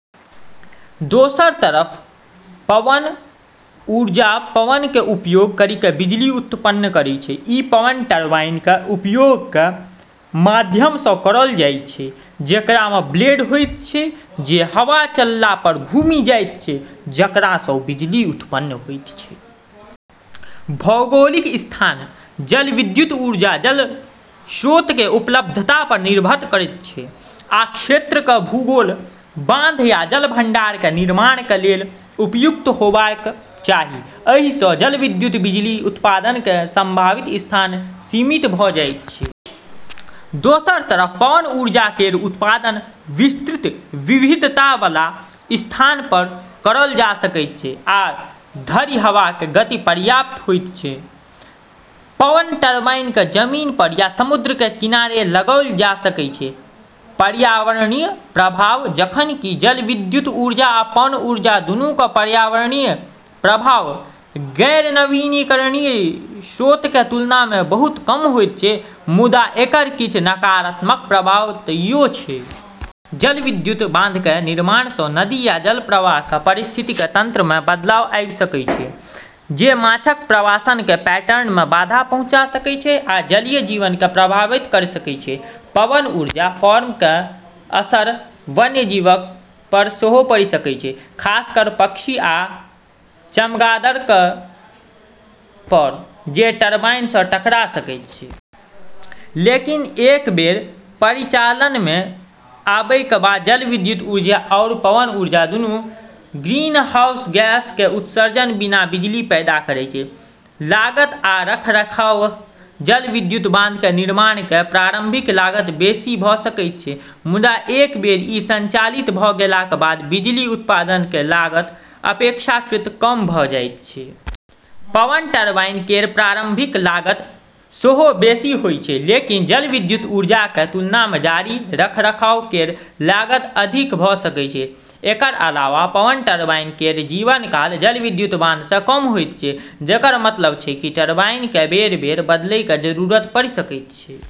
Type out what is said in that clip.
दोसर तरफ पवन ऊर्जा, पवनके उपयोग करिके बिजली उत्पन्न करै छै। ई पवन टरबाइनके उपयोगके माध्यमसँ करल जाइ छै, जेकरामे ब्लेड होइत छै जे हवा चलला पर घुमि जाइ छै, जेकरासँ बिजली उत्पन्न होइत छै। भौगोलिक स्थान: जलविद्युत ऊर्जा जल स्रोतके उपलब्धता पर निर्भर करैत छै, आ क्षेत्रके भूगोल, बांध या जल भंडारके निर्माणके लेल उपयुक्त होइबाक चाही। एहिसँ जलविद्युत बिजली उत्पादनके संभावित स्थान सीमित भ' जाइत छै। दोसर तरफ पवन ऊर्जा केर उत्पादन विस्तृत विविधताबला स्थान पर करल जा सकै छै, जा धरि हवाके गति पर्याप्त होइत छै। पवन टरबाइनके जमीन पर या समुद्रके किनारे लगाइल जा सकै छै। पर्यावरणीय प्रभाव: जखन कि जलविद्युत ऊर्जा आ पवन ऊर्जा दुन्नूके पर्यावरणीय प्रभाव गैर-नवीनीकरणीय स्रोतके तुलनामे बहुत कम होइत छै, मुदा एकर किछ नकारात्मक प्रभाव तइयो छै। जलविद्युत बांधके निर्माणसँ नदी या जलप्रवाहके पारिस्थितिकी तंत्रमे बदलाव आबि सकै छै, जे माछक प्रवासनके पैटर्नमे बाधा पहुंचा सकै छै आ जलीय जीवनके प्रभावित करि सकै छै। पवन ऊर्जा फार्मके असर वन्यजीवक पर सेहो पड़ि सकै छै, खासकर पक्षी आ चमगादड़क पर जे टरबाइनसँ टकरा सकै छै। लेकिन एक बेर परिचालनमे आबैके बाद जलविद्युत ऊर्जा आओर पवन ऊर्जा दुन्नू ग्रीनहाउस गैसके उत्सर्जनके बिना बिजली पैदा करै छै। लागत आ रखरखाव: जलविद्युत बांधके निर्माणके प्रारम्भिक लागत बेशी भ' सकै छै, मुदा एक बेर ई संचालित भ' गेलाके बाद बिजली उत्पादनके लागत अपेक्षाकृत कम भ' जाइत छै। पवन टरबाइन केर प्रारंभिक लागत सेहो बेशी होइ छै, लेकिन जलविद्युत ऊर्जाके तुलनामे जारी रखरखाव केर लागत अधिक भ' सकै छै। एकर अलावा पवन टरबाइन केर जीवन काल जलविद्युत बांधसँ कम होइ छै, जेकर मतलब छै कि टरबाइनके बेर - बेर बदलैके जरूरत पड़ि सकै छै।